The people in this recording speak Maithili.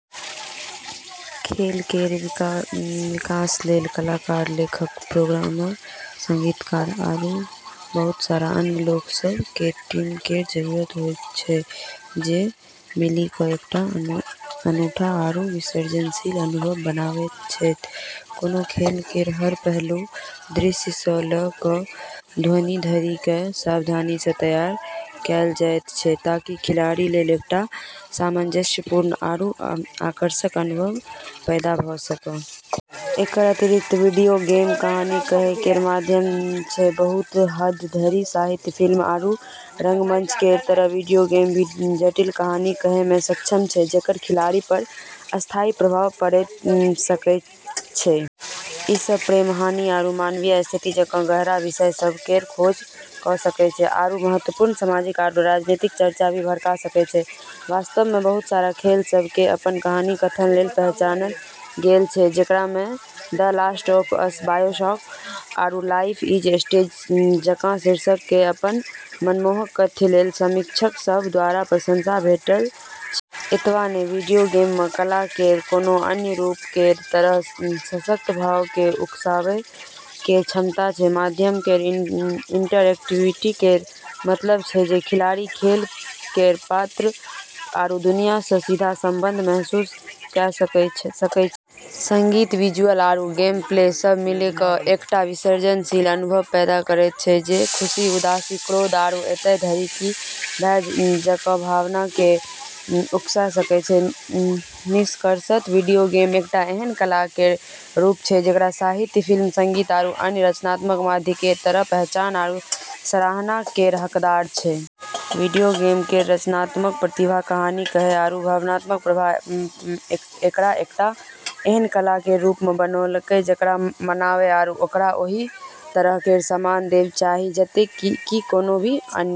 खेल केर विकास लेल कलाकार, लेखक, प्रोग्रामर, संगीतकार, आरू बहुत सारा अन्य लोक सभ केर टीम केर जरूरत होइत छै जे मिलि कऽ एकटा अनूठा आरू विसर्जनशील अनुभव बनाबैत छै। कोनो खेल केर हर पहलू, दृश्य सँ लऽ कऽ ध्वनि धरि केँ सावधानी सँ तैयार कएल जाइत छै ताकि खिलाड़ी लेल एकटा सामंजस्यपूर्ण आरू आकर्षक अनुभव पैदा भऽ सकै। एकर अतिरिक्त वीडियो गेम कहानी कहै केर माध्यम छै। बहुत हद धरि साहित्य, फिल्म, आरू रंगमंच केर तरह वीडियो गेम भी जटिल कहानी कहै मे सक्षम छै जेकर खिलाड़ी पर स्थायी प्रभाव पड़ि सकैत छै। ई सब प्रेम, हानि, आरू मानवीय स्थिति जकाँ गहरा विषय सभ केर खोज कऽ सकैत छै, आरू महत्वपूर्ण सामाजिक आरू राजनीतिक चर्चा भी भड़का सकैत छै। वास्तव मे, बहुत सारा खेल सभ केँ अपन कहानी कथन लेल पहचानल गेल छै, जेकरा मे "The Last of Us", "BioShock", आरू "लाइफ इज स्ट्रेंज" जकाँ शीर्षक केँ अपन मनमोहक कथ्य लेल समीक्षक सभ द्वारा प्रशंसा भेटल छै। एतबे नहि, वीडियो गेम मे कला केर कोनो अन्य रूप केर तरह सशक्त भाव केँ उकसाबै केर क्षमता छै। माध्यम केर इंटरएक्टिविटी केर मतलब छै जे खिलाड़ी खेल केर पात्र आरू दुनिया सँ सीधा संबंध महसूस कऽ सकैत छै। संगीत, विजुअल, आरू गेमप्ले सब मिलि कऽ एकटा विसर्जनशील अनुभव पैदा करैत छै जे खुशी, उदासी, क्रोध, आरू एतय धरि कि भय जकाँ भावना केँ उकसा सकैत छै। निष्कर्षतः वीडियो गेम एकटा एहन कला केर रूप छै जेकरा साहित्य, फिल्म, संगीत, आरू अन्य रचनात्मक माध्यम केर तरह पहचान आरू सराहना केर हकदार छै। वीडियो गेम केर रचनात्मकता, प्रतिभा, कहानी कहै, आरू भावनात्मक प्रभाव एकरा एकटा एहन कला केर रूप बनौलकै जेकरा मनाबै आरू ओकरा ओहि तरह केर सम्मान देब चाहही जतेक कि कोनो भी अन्य केँ।